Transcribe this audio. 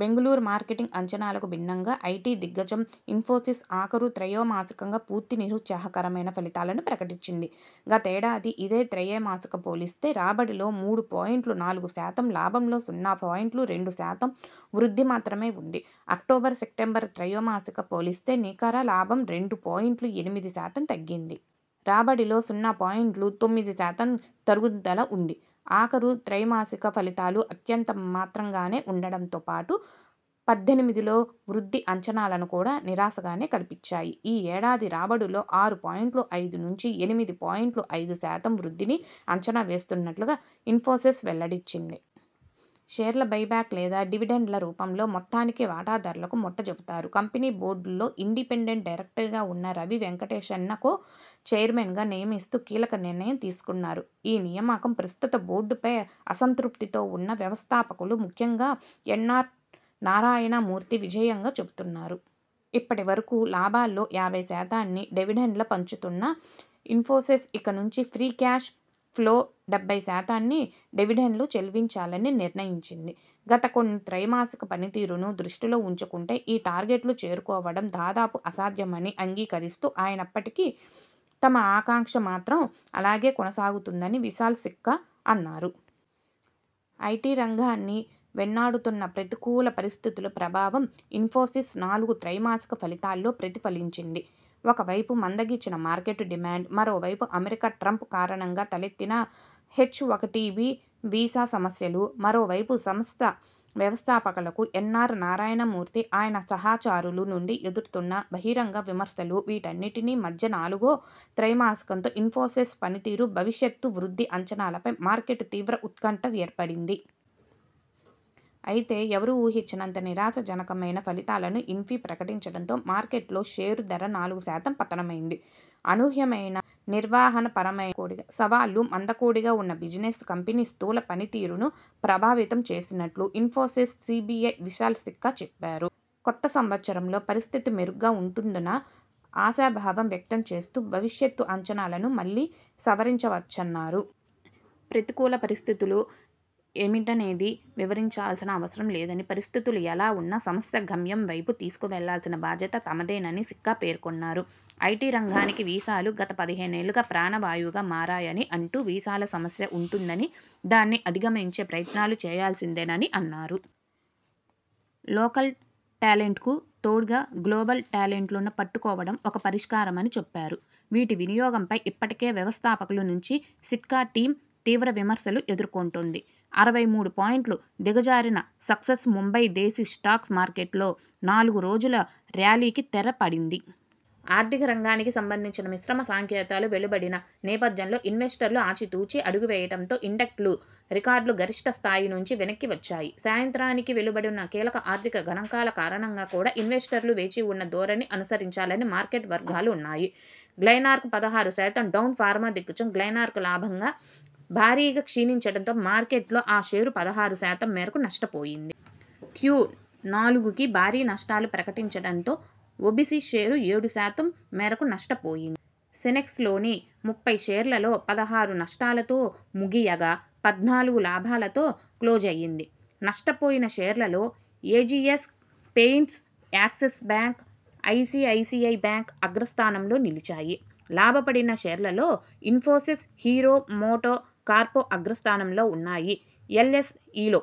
Bengaluru market అంచనాలకు భిన్నంగా IT దిగ్గజం ఇన్ఫోసిస్ ఆఖరు త్రైమాసికానికి పూర్తి నిరుత్సాహకరమైన ఫలితాలను ప్రకటించింది. గతేడాది ఇదే త్రైమాసికంతో పోలిస్తే రాబడిలో మూడు పాయింట్ నాలుగు శాతం, లాభంలో సున్నా పాయింట్ రెండు శాతం వృద్ధి మాత్రమే ఉంది. అక్టోబర్, సెప్టెంబర్ త్రైమాసికంతో పోలిస్తే నికర లాభం రెండు పాయింట్ ఎనిమిది శాతం తగ్గింది. రాబడిలో సున్నా పాయింట్ తొమ్మిది శాతం తరుగుదల ఉంది. ఆఖరు త్రైమాసికం ఫలితాలు అంతంత మాత్రంగానే ఉండటంతో పాటు పద్దెనిమిదిలో వృద్ధి అంచనాలు కూడా నిరాశనే కలిగించాయి. ఈ ఏడాది రాబడుల్లో ఆరు పాయింట్ ఐదు నుంచి ఎనిమిది పాయింట్ ఐదు శాతం వృద్ధిని అంచనా వేస్తున్నట్టు ఇన్ఫోసిస్ వెల్లడించింది. షేర్ల బైబ్యాక్ లేదా డివిడెండ్ల రూపంలో ఈ మొత్తాన్ని వాటాదారులకు ముట్ట జెప్పుతారు. కంపెనీ బోర్డు లో ఇండిపెండెంట్ డైరెక్టర్గా ఉన్న రవి వెంకటేషన్ను కో చైర్మన్గా నియమిస్తూ కీలక నిర్ణయం తీసుకున్నారు. ఈ నియామకం ప్రస్తుత బోర్డుపై అసంతృప్తితో ఉన్న వ్యవస్థాపకులు ముఖ్యంగా ఎన్ఆర్ నారాయణ మూర్తికి విజయంగా చెబుతున్నారు. ఇప్పటి వరకు లాభాల్లో యాభై శాతాన్ని డివిడెండ్గా పంచుతున్న ఇన్ఫోసిస్ ఇక నుంచి ఫ్రీ క్యాష్ ఫ్లోలో డెబ్బై శాతాన్ని డివిడెండ్గా చెల్లించాలని నిర్ణయించింది. గత కొన్ని త్రైమాసికాల పనితీరును దృష్టిలో ఉంచుకుంటే ఈ టార్గెట్ను చేరుకోవడం, దాదాపు అసాధ్యమని అంగీకరిస్తూ అయినప్పటికీ తమ ఆకాంక్ష మాత్రం అలాగే కొనసాగుతుందని విశాల్ సిక్కా అన్నారు. ఐటి రంగాన్ని వెన్నాడుతున్న ప్రతికూల పరిస్థితుల ప్రభావం ఇన్ఫోసిస్ నాలుగో త్రైమాసిక ఫలితాల్లో ప్రతి ఫలించింది. ఒకవైపు మందగించిన మార్కెట్ డిమాండ్, మరోవైపు అమెరికాలో ట్రంప్ కారణంగా తలెత్తిన హెచ్ఒకటిబి వీసా సమస్యలు మరోవైపు సంస్థ వ్యవస్థాపకులు ఎన్ఆర్ నారాయణమూర్తి ఆయన సహచరుల నుంచి ఎదురవుతున్న బహిరంగ విమర్శలు వీటన్నింటి మధ్య నాలుగో త్రైమాసికంలో ఇన్ఫోసిస్ పనితీరు, భవిష్యత వృద్ధి అంచనాలపై మార్కెట్లో తీవ్ర ఉత్కంఠ ఏర్పడింది. అయితే ఎవరూ ఊహించనంత నిరాశ జనకమైన ఫలితాలను ఇన్ఫీ ప్రకటించడంతో మార్కెట్లో షేరు ధర నాలుగు శాతం పతనమైంది. అనూహ్యమైన నిర్వహణపరమైన సవాళ్లు, మందకొడిగా ఉన్న బిజినెస్ కంపెనీ స్థూల పని తీరును ప్రభావితం చేసినట్టు ఇన్ఫోసిస్ సిఇఒ విశాల్ సిక్కా చెప్పారు. కొత్త సంవత్సరంలో పరిస్థితి మెరుగ్గా ఉంటుందన్న ఆశాభావం వ్యక్తం చేస్తూ భవిష్యత అంచనాలను మళ్లీ సవరించవచ్చని అన్నారు. ప్రతికూల పరిస్థితులు ఏమిటనేది వివరించాల్సిన అవసరం లేదనీ, పరిస్థితులు ఎలా ఉన్నా సంస్థను గమ్యం వైపు తీసుకెళ్లాల్సిన బాధ్యత తమదేనని సిక్కా పేర్కొన్నారు. ఐటి రంగానికి వీసాలు గత పదిహేనేళ్లుగా ప్రాణవాయువుగా మారాయని అంటూ, వీసాల సమస్య ఉంటుందనీ, దాన్ని అధిగమించే ప్రయత్నాలు చేయాల్సిందేనని అన్నారు. లోకల్ టాలెంట్కు తోడుగా గ్లోబల్ టాలెంట్ను పట్టుకోవడం ఒక పరిష్కారమని చెప్పారు. వీటి వినియోగంపై ఇప్పటికే వ్యవస్థాపకుల నుంచి సిక్కా టీమ్ తీవ్ర విమర్శలను ఎదుర్కొంటుంది. అరవై మూడు పాయింట్లు దిగజారిన సెన్సెక్స్ ముంబై దేశీ స్టాక్ మార్కెట్లో నాలుగు రోజుల ర్యాలీకి తెర పడింది. ఆర్థిక రంగానికి సంబంధించి మిశ్రమ సంకేతాలు వెలువడిన నేపథ్యంలో ఇన్వెస్టర్లు ఆచితూచి అడుగేయడంతో ఇండెక్స్లు రికార్డు గరిష్ఠ స్థాయిల నుంచి వెనక్కి వచ్చాయి. సాయంత్రానికి వెలువడనున్న కీలక ఆర్థిక గణాంకాల కారణంగా కూడా ఇన్వెస్టర్లు వేచి ఉండే ధోరణి అనుసరించారని మార్కెట్ వర్గాలన్నాయి. గ్లెన్మార్క్ పదహారు శాతం డౌన్ ఫార్మా దిగ్గజం గ్లెన్మార్క్ లాభాలు భారీగా క్షీణించడంతో మార్కెట్లో ఆ షేరు పదహారు శాతం మేరకు నష్టపోయింది. క్యూ నాలుగుకి భారీ నస్టాలు ప్రకటించడంతో ఒబిసి షేరు ఏడు శాతం మేరకు నష్టపోయింది. సెన్సెక్స్లోని ముప్పై షేర్లలో పదహారు నష్టాలతో ముగియగా పద్నాలుగు లాభాలతో క్లోజయ్యాయి. నష్టపోయిన షేర్లలో Asian Paints, Axis Bank, ICICI Bank అగ్రస్థానంలో నిలిచాయి. లాభపడిన షేర్లలో ఇన్ఫోసిస్ హీరో మోటో కార్ప్ అగ్రస్థానంలో ఉన్నాయి. ఎల్ఎస్ఇలో